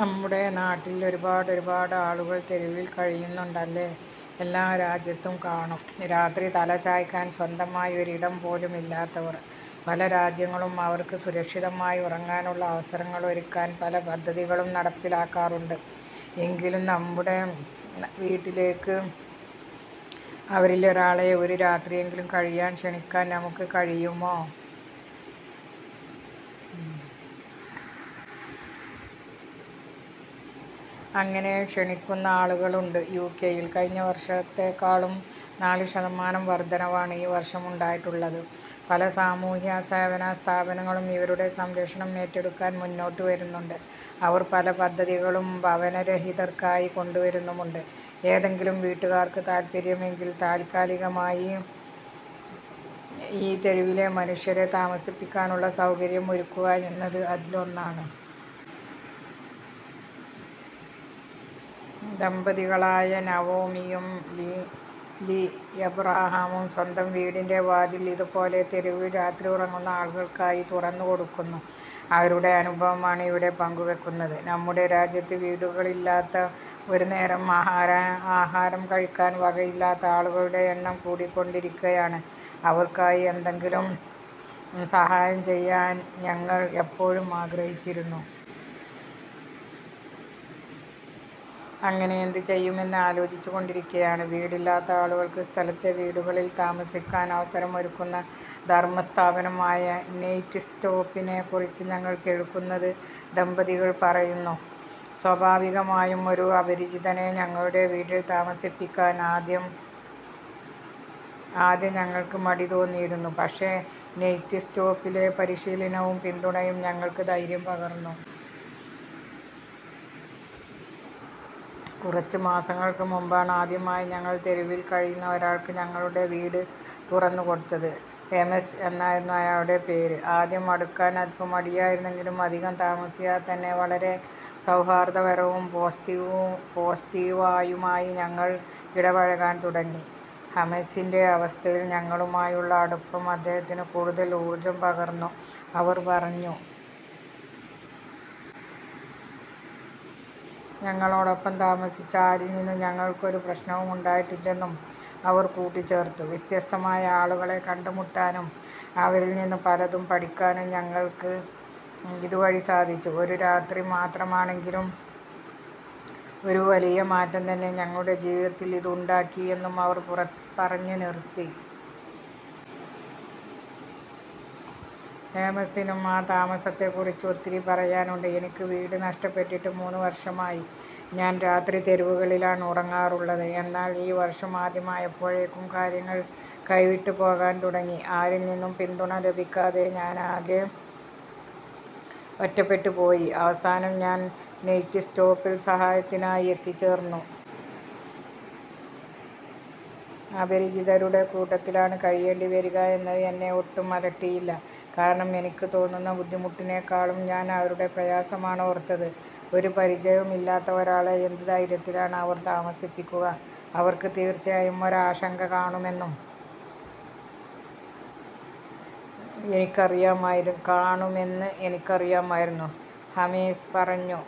നമ്മുടെ നാട്ടില്‍ ഒരുപാടൊരുപാട് ആളുകള്‍ തെരുവില്‍ കഴിയുന്നുണ്ട് അല്ലേ? എല്ലാ രാജ്യത്തും കാണും രാത്രി തല ചായ്ക്കാന്‍ സ്വന്തമായി ഒരിടം പോലുമില്ലാത്തവർ. പല രാജ്യങ്ങളും അവര്‍ക്ക് സുരക്ഷിതമായി ഉറങ്ങാനുള്ള അവസരങ്ങളൊരുക്കാൻ പല പദ്ധതികളും നടപ്പിലാക്കാറുണ്ട്. എങ്കിലും, നമ്മുടെ വീട്ടിലേക്ക് അവരിലൊരാളെ ഒരു രാത്രിയെങ്കിലും കഴിയാന്‍ ക്ഷണിക്കാന്‍ നമുക്ക് കഴിയുമോ? അങ്ങനെ ക്ഷണിക്കുന്ന ആളുകളുണ്ട് യു.കെയില്‍. കഴിഞ്ഞ വർഷത്തെക്കാളും നാല് ശതമാനം വർദ്ധനവാണ് ഈ വർഷം ഉണ്ടായിട്ടുള്ളത്. പല സാമൂഹ്യ സേവന സ്ഥാപനങ്ങളും ഇവരുടെ സംരക്ഷണം ഏറ്റെടുക്കാൻ മുന്നോട്ടു വരുന്നുണ്ട്. അവർ പല പദ്ധതികളും ഭവനരഹിതർക്കായി കൊണ്ടുവരുന്നുമുണ്ട്. ഏതെങ്കിലും വീട്ടുകാർക്ക് താല്പര്യമെങ്കിൽ താൽക്കാലികമായി ഈ തെരുവിലെ മനുഷ്യരെ താമസിപ്പിക്കാനുള്ള സൗകര്യം ഒരുക്കുക എന്നത് അതിലൊന്നാണ്. ദമ്പതികളായ നവോമിയും, ലീ എബ്രഹാമും സ്വന്തം വീടിൻ്റെ വാതിൽ ഇതുപോലെ തെരുവിൽ രാത്രി ഉറങ്ങുന്ന ആളുകൾക്കായി തുറന്നു കൊടുക്കുന്നു. അവരുടെ അനുഭവമാണ് ഇവിടെ പങ്കുവെയ്ക്കുന്നത്. " നമ്മുടെ രാജ്യത്ത് വീടുകളിലാത്ത, ഒരുനേരം ആഹാരം കഴിക്കാൻ വകയില്ലാത്ത ആളുകളുടെ എണ്ണം കൂടിക്കൊണ്ടിരിക്കുകയാണ്. അവർക്കായി എന്തെങ്കിലും സഹായം ചെയ്യാൻ ഞങ്ങൾ എപ്പോഴും ആഗ്രഹിച്ചിരുന്നു. അങ്ങനെ എന്ത് ചെയ്യുമെന്ന് ആലോചിച്ചു കൊണ്ടിരിക്കേയാണ്, വീടില്ലാത്ത ആളുകള്‍ക്ക് സ്ഥലത്തെ വീടുകളിൽ താമസിക്കാൻ അവസരമൊരുക്കുന്ന ധർമ്മ സ്ഥാപനമായ നൈറ്റ്സ്റ്റോപ്പിനെ കുറിച്ച് ഞങ്ങൾ കേൾക്കുന്നത് " ദമ്പതികൾ പറയുന്നു. " സ്വാഭാവികമായും, ഒരു അപരിചിതനെ ഞങ്ങളുടെ വീട്ടിൽ താമസിപ്പിക്കാൻ ആദ്യം ഞങ്ങൾക്ക് മടിതോന്നിയിരുന്നു. പക്ഷേ, നൈറ്റ്സ്റ്റോപ്പിലെ പരിശീലനവും പിന്തുണയും ഞങ്ങൾക്ക് ധൈര്യം പകർന്നു. കുറച്ച് മാസങ്ങൾക്ക് മുമ്പാണ് ആദ്യമായി ഞങ്ങൾ തെരുവിൽ കഴിയുന്ന ഒരാൾക്ക് ഞങ്ങളുടെ വീട് തുറന്നു കൊടുത്തത്. ഹമെസ് എന്നായിരുന്നു ആയാളുടെ പേര്. ആദ്യം അടുക്കാൻ അല്പം മടിയായിരുന്നെങ്കിലും, അധികം താമസിയാതെത്തന്നെ വളരെ സൗഹാർദ്ദപരവും പോസിറ്റീവായുമായി ഞങ്ങൾ ഇടപഴകാൻ തുടങ്ങി. ഹമെസിൻ്റെ അവസ്ഥയിൽ ഞങ്ങളുമായുള്ള അടുപ്പം അദ്ദേഹത്തിന് കൂടുതൽ ഊർജ്ജം പകർന്നു " അവർ പറഞ്ഞു. ഞങ്ങളോടൊപ്പം താമസിച്ച ആരിൽനിന്നും ഞങ്ങൾക്ക് ഒരു പ്രശ്നവും ഉണ്ടായിട്ടില്ലെന്നും അവർ കൂട്ടിച്ചേർത്തു. " വ്യത്യസ്തമായ ആളുകളെ കണ്ടുമുട്ടാനും, അവരിൽനിന്ന് പലതും പഠിക്കാനും ഞങ്ങൾക്ക് ഇതുവഴി സാധിച്ചു. ഒരു രാത്രി മാത്രമാണെങ്കിലും, ഒരു വലിയ മാറ്റംതന്നെ ഞങ്ങളുടെ ജീവിത്തിൽ ഇത് ഉണ്ടാക്കി '' എന്നും അവർ പറഞ്ഞുനിർത്തി. ഹമെസിനും ആ താമസത്തെ കുറിച്ച് ഒത്തിരി പറയാനുണ്ട്. " എനിക്ക് വീട് നഷ്ടപ്പെട്ടിട്ട് മൂന്ന് വർഷമായി. ഞാൻ രാത്രി തെരുവുകളിലാണ് ഉറങ്ങാറുള്ളത്. എന്നാൽ, ഈ വർഷം ആദ്യമായപ്പോഴേക്കും കാര്യങ്ങൾ കൈവിട്ട് പോകാൻ തുടങ്ങി. ആരിൽനിന്നും പിന്തുണ ലഭിക്കാതെ ഞാൻ ആകെ ഒറ്റപ്പെട്ടു പോയി. അവസാനം ഞാൻ നൈറ്റ്സ്റ്റോപ്പിൽ സഹായത്തിനായി എത്തിച്ചേർന്നു. അപരിചിതരുടെ കൂട്ടത്തിലാണ് കഴിയേണ്ടിവരിക എന്നത് എന്നെ ഒട്ടും അലട്ടിയില്ല. കാരണം എനിക്ക് തോന്നുന്ന ബുദ്ധിമുട്ടിനേക്കാളും ഞാൻ അവരുടെ പ്രയാസമാണ് ഓർത്തത്. ഒരുപരിചയവും ഇല്ലാത്ത ഒരാളെ എന്ത് ധൈര്യത്തിലാണ് അവർ താമസിപ്പിക്കുക? അവർക്ക് തീർച്ചയായും ഒരാശങ്ക കാണുമെന്ന് എനിക്കറിയാമായിരുന്നു " ഹമെസ് പറഞ്ഞു.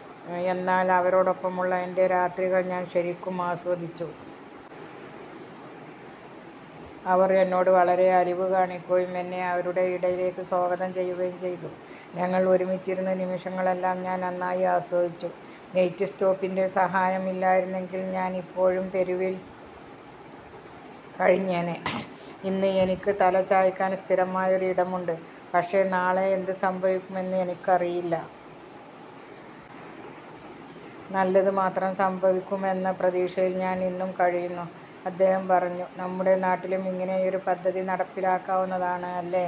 " എന്നാൽ, അവരോടൊപ്പമുള്ള എൻ്റെ രാത്രികൾ ഞാൻ ശരിക്കും ആസ്വദിച്ചു. അവർ എന്നോട് വളരെ അലിവ് കാണിക്കുകയും, എന്നെ അവരുടെ ഇടയിലേക്ക് സ്വാഗതം ചെയ്യുകയും ചെയ്തു. ഞങ്ങൾ ഒരുമിച്ചിരുന്ന നിമിഷങ്ങളെല്ലാം ഞാൻ നന്നായി ആസ്വദിച്ചു. നൈറ്റ്സ്റ്റോപ്പിൻ്റെ സഹായം ഇല്ലായിരുന്നെങ്കിൽ ഞാൻ ഇപ്പോഴും തെരുവിൽ കഴിഞ്ഞേന്നെ. ഇന്ന് എനിക്ക് തലചായ്ക്കാൻ സ്ഥിരമായ ഒരു ഇടമുണ്ട്. പക്ഷേ, നാളെ എന്തുസംഭവിക്കുമെന്ന് എനിക്കറിയില്ല. നല്ലതുമാത്രം സംഭവിക്കുമെന്ന പ്രതീക്ഷയിൽ ഞാൻ ഇന്നും കഴിയുന്നു " അദ്ദേഹം പറഞ്ഞു. നമ്മുടെ നാട്ടിലും ഇങ്ങനെയൊരു പദ്ധതി നടപ്പിലാക്കാവുന്നതാണ് അല്ലേ.